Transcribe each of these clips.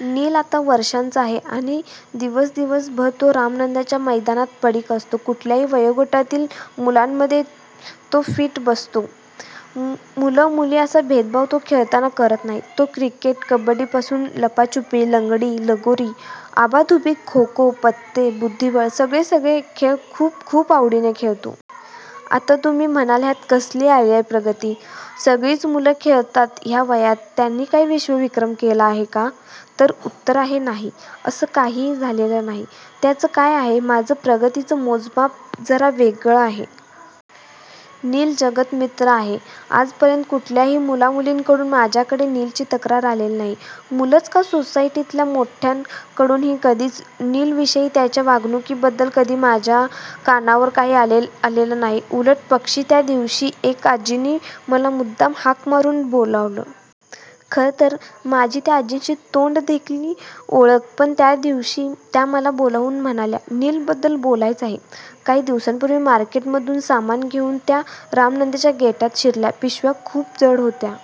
नील आता वर्षांचा आहे आणि दिवस दिवस भर तो रामानंदच्या मैदानात पडिक असतो. कुठल्याही वयोगटातील मुलांमध्ये तो फिट बसतो. मुल मुली असा भेदभाव तो खेळतांना करत नाही. तो क्रिकेट, कबड्डी पासून लपाछुपी, लंगडी, लगोरी, आबाधुबी, खोखो, पत्ते, बुद्धीबळ सगळे सगळे खेळ खूप खूप आवडीने खेळतो. आता तुम्ही म्हणाल ह्यात कसली आलेय प्रगती. सगळीच मुलं खेळतात ह्या वयात. त्यानी काय विश्व विक्रम केला आहे का? तर उत्तर आहे नाही. अस काहीही झालेले नाही. त्याच काय आहे माझ प्रगतीच मोजमाप जरा वेगळ आहे. नील जगत मित्र आहे. आज पर्यंत कुठल्याही मुला मुलीं कडून माझ्याकडे नीलची तक्रार आलेली नाही. मुलंच का सोसायटीतल्या मोठ्यांन कडूनही कधीच नील विषयी त्याच्या वागणूकी बद्दल कधी माझ्या कानावर काही आलेले नाही. उलट पक्षी त्या दिवशी एक आजींनी मला मुद्दाम हाक मारून बोलावलं. खर तर माझी त्या आजींशी तोंड देखली ओळख. पण त्या दिवशी त्या मला बोलावून म्हणाल्या नील बद्दल बोलायचे आहे. काही दिवसांपुर्वी मार्केट मधून सामान घेऊन त्या रामानंदच्या गेटात शिरल्या. पिशव्या खूप जड होत्या.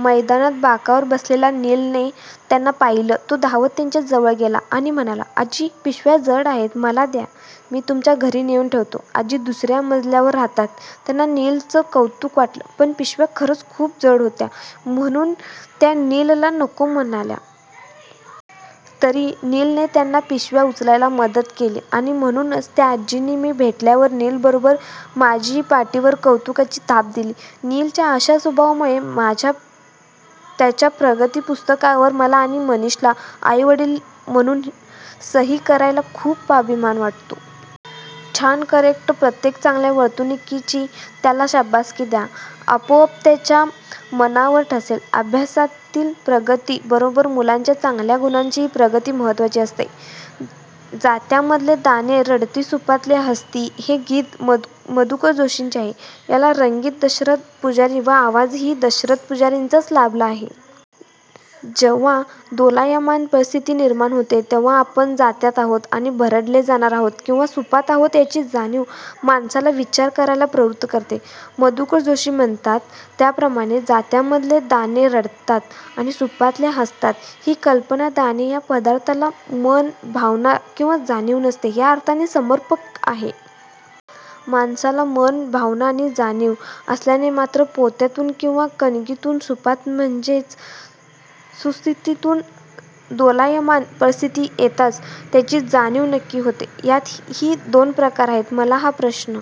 मैदानात बाकावर बसलेल्या नीलने त्यांना पाहिलं. तो धावत त्यांच्या जवळ गेला आणि म्हणाला, "आजी पिशव्या जड आहेत. मला द्या मी तुमच्या घरी नेऊन ठेवतो. "आजी दुसर्या मजल्यावर राहतात. त्यांना नीलच कौतुक वाटलं. पण पिशव्या खरंच खूप जड होत्या म्हणून त्या नीलला नको म्हणाल्या. तरी नीलने त्यांना पिशव्या उचलायला मदत केली आणि म्हणूनच त्या आजींनी मी भेटल्यावर नील बरोबर माझ्याही पाठीवर कौतुकाची थाप दिली. नीलच्या अशा स्वभावामुळे त्याच्या प्रगती पुस्तकावर मला आणि मनिषला, आईवडील म्हणून सही करायला खूप अभिमान वाटतो. छानकरेक्ट. प्रत्येक चांगल्या वर्तणुकीची त्याला शाबासकी द्या. आपोआप त्याच्या मनावर ठसेल. अभ्यासातील प्रगती बरोबर मुलांच्या चांगल्या गुणांचीही प्रगती महत्वाची असते. जात्यामधले दाणे रडती सुपातले हसती हे गीत मधुकर जोशींचे आहे. याला संगीत दशरथ पुजारी व आवाजही दशरथ पुजारींचाच लाभला आहे. जेव्हा दोलायमान परिस्थिती निर्माण होते तेव्हा आपण जात्यात आहोत आणि भरडले जाणार आहोत किंवा सुपात आहोत याची जाणिव माणसाला विचार करायला प्रवृत करते. मधुकर जोशी म्हणतात त्याप्रमाणे जात्यामधले दाणे रडतात आणि सुपातले हसतात ही कल्पना दाणे ह्या पदार्थाला मन, भावना, किंवा जाणिव नसते या अर्थाने समर्पक आहे. माणसाला मन, भावना आणि जाणिव असल्याने मात्र पोत्यातुन किंवा कणगीतुन सुपात म्हणजेच सुस्थितीतुन दोलायमान परिस्थीती येताच त्याची जाणिव नक्की होते. यातही दोन प्रकार आहेत. " मला हा प्रश्न